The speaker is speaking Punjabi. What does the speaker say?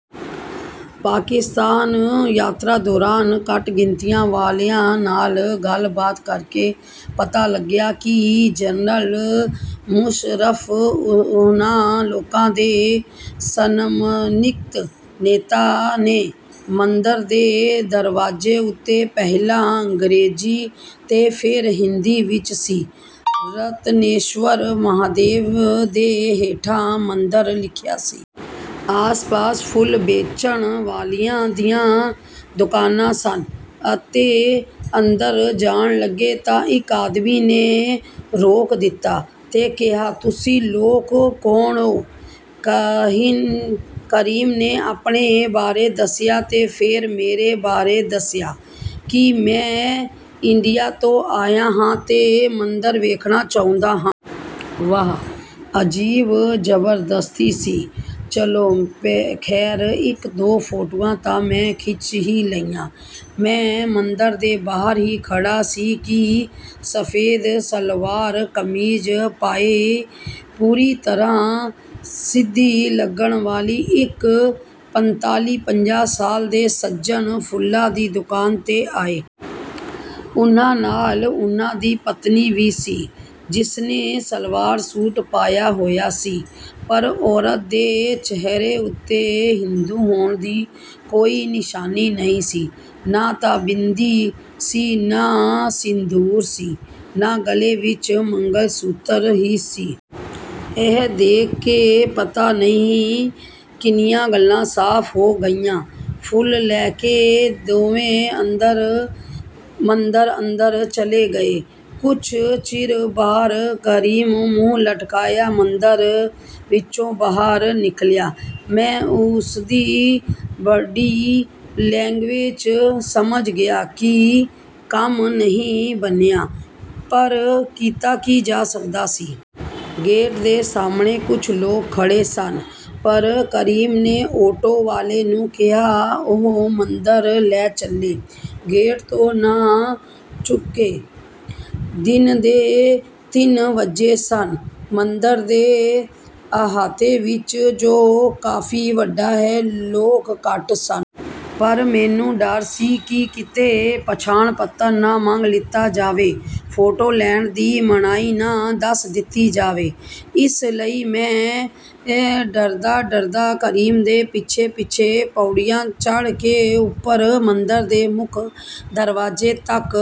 ਪਾਕਿਸਤਾਨ ਯਾਤਰਾ ਦੌਰਾਨ ਘੱਟ-ਗਿਣਤੀ ਵਾਲਿਆਂ ਨਾਲ ਗੱਲਬਾਤ ਕਰਕੇ ਪਤਾ ਲੱਗਾ ਕਿ ਜਨਰਲ ਮੁਸ਼ੱਰਫ਼ ਉਹਨਾਂ ਲੋਕਾਂ ਦੇ ਸਨਮਾਨਿਤ ਨੇਤਾ ਨੇ। ਮੰਦਰ ਦੇ ਦਰਵਾਜ਼ੇ ਉੱਤੇ ਪਹਿਲਾਂ ਅੰਗਰੇਜ਼ੀ ਤੇ ਫੇਰ ਹਿੰਦੀ ਵਿੱਚ 'ਸ਼੍ਰੀ ਰਤਨੇਸ਼ਵਰ ਮਹਾਦੇਵ' ਦੇ ਹੇਠਾਂ 'ਮੰਦਰ' ਲਿਖਿਆ ਸੀ। ਆਸ-ਪਾਸ ਫੁੱਲ ਵੇਚਣ ਵਾਲਿਆਂ ਦੀਆਂ ਦੁਕਾਨਾਂ ਸਨ। ਅਤੇ ਅੰਦਰ ਜਾਣ ਲੱਗੇ ਤਾਂ ਇੱਕ ਆਦਮੀ ਨੇ ਰੋਕ ਦਿੱਤਾ ਤੇ ਕਿਹਾ, "ਤੁਸੀਂ ਲੋਕ ਕੌਣ ਓ?" ਕਰੀਮ ਨੇ ਆਪਣੇ ਬਾਰੇ ਦੱਸਿਆ ਤੇ ਫੇਰ ਮੇਰੇ ਬਾਰੇ ਦੱਸਿਆ ਕਿ ਮੈਂ ਇੰਡੀਆ ਤੋਂ ਆਇਆ ਹਾਂ ਤੇ ਮੰਦਰ ਦੇਖਣਾ ਚਾਹੁੰਦਾ ਹਾਂ। ਵਾਹ, ਅਜੀਬ ਜਬਰਦਸਤੀ ਸੀ। ਚਲੋ, ਖ਼ੈਰ, ਇੱਕ-ਦੋ ਫੋਟੋਆਂ ਤਾਂ ਮੈਂ ਖਿੱਚ ਹੀ ਲਈਆਂ। ਮੈਂ ਮੰਦਰ ਦੇ ਬਾਹਰ ਹੀ ਖੜ੍ਹਾ ਸੀ ਕਿ ਸਫ਼ੈਦ ਸਲਵਾਰ-ਕਮੀਜ਼ ਪਾਈ, ਪੂਰੀ ਤਰ੍ਹਾਂ ਸਿੰਧੀ ਲੱਗਣ ਵਾਲੇ ਇੱਕ ਪੰਤਾਲੀ-ਪੰਜਾਹ ਸਾਲ ਦੇ ਸੱਜਣ ਫੁੱਲਾਂ ਦੀ ਦੁਕਾਨ 'ਤੇ ਆਏ। ਉਹਨਾਂ ਨਾਲ ਉਹਨਾਂ ਦੀ ਪਤਨੀ ਵੀ ਸੀ, ਜਿਸਨੇ ਸਲਵਾਰ-ਸੂਟ ਪਾਇਆ ਹੋਇਆ ਸੀ। ਪਰ ਔਰਤ ਦੇ ਚਿਹਰੇ ਉੱਤੇ ਹਿੰਦੂ ਹੋਣ ਦੀ ਕੋਈ ਨਿਸ਼ਾਨੀ ਨਹੀਂ ਸੀ। ਨਾ ਤਾਂ ਬਿੰਦੀ ਸੀ, ਨਾ ਸਿੰਦੂਰ ਸੀ, ਨਾ ਗਲ਼ੇ ਵਿੱਚ ਮੰਗਲ-ਸੂਤਰ ਹੀ ਸੀ। ਇਹ ਦੇਖ ਕੇ ਪਤਾ ਨਹੀਂ ਕਿੰਨੀਆਂ ਗੱਲਾਂ ਸਾਫ਼ ਹੋ ਗਈਆਂ। ਫੁੱਲ ਲੈ ਕੇ ਦੋਵੇਂ ਮੰਦਰ ਅੰਦਰ ਚਲੇ ਗਏ। ਕੁਝ ਚਿਰ ਬਾਅਦ ਕਰੀਮ ਮੂੰਹ ਲਟਕਾਈ ਮੰਦਰ ਵਿੱਚੋਂ ਬਾਹਰ ਨਿਕਲਿਆ। ਮੈਂ ਉਸਦੀ ਬਾਡੀ ਲੈਂਗਵੇਜ ਤੋਂ ਸਮਝ ਗਿਆ ਕਿ ਕੰਮ ਨਹੀਂ ਬਣਿਆ, ਪਰ ਕੀਤਾ ਕੀ ਜਾ ਸਕਦਾ ਸੀ। ਗੇਟ ਦੇ ਸਾਹਮਣੇ ਕੁਝ ਲੋਕ ਖੜ੍ਹੇ ਸਨ, ਪਰ ਕਰੀਮ ਨੇ ਆਟੋ ਵਾਲੇ ਨੂੰ ਕਿਹਾ, ਉਹ ਮੰਦਰ ਲੈ ਚੱਲੇ, ਗੇਟ 'ਤੇ ਨਾ ਰੁਕੇ। ਦਿਨ ਦੇ ਤਿੰਨ ਵੱਜੇ ਸਨ। ਮੰਦਰ ਦੇ ਅਹਾਤੇ ਵਿੱਚ, ਜੋ ਕਾਫ਼ੀ ਵੱਡਾ ਹੈ, ਲੋਕ ਘੱਟ ਸਨ। ਪਰ ਮੈਨੂੰ ਡਰ ਸੀ ਕਿ ਕਿਤੇ ਪਛਾਣ-ਪੱਤਰ ਨਾ ਮੰਗ ਲਿਆ ਜਾਵੇ। ਫੋਟੋ ਲੈਣ ਦੀ ਮਨਾਹੀ ਨਾ ਦੱਸ ਦਿੱਤੀ ਜਾਵੇ। ਇਸ ਲਈ ਮੈਂ ਡਰਦਾ-ਡਰਦਾ ਕਰੀਮ ਦੇ ਪਿੱਛੇ-ਪਿੱਛੇ ਪੌੜੀਆਂ ਚੜ੍ਹ ਕੇ ਉੱਪਰ ਮੰਦਰ ਦੇ ਮੁੱਖ ਦਰਵਾਜ਼ੇ ਤੱਕ...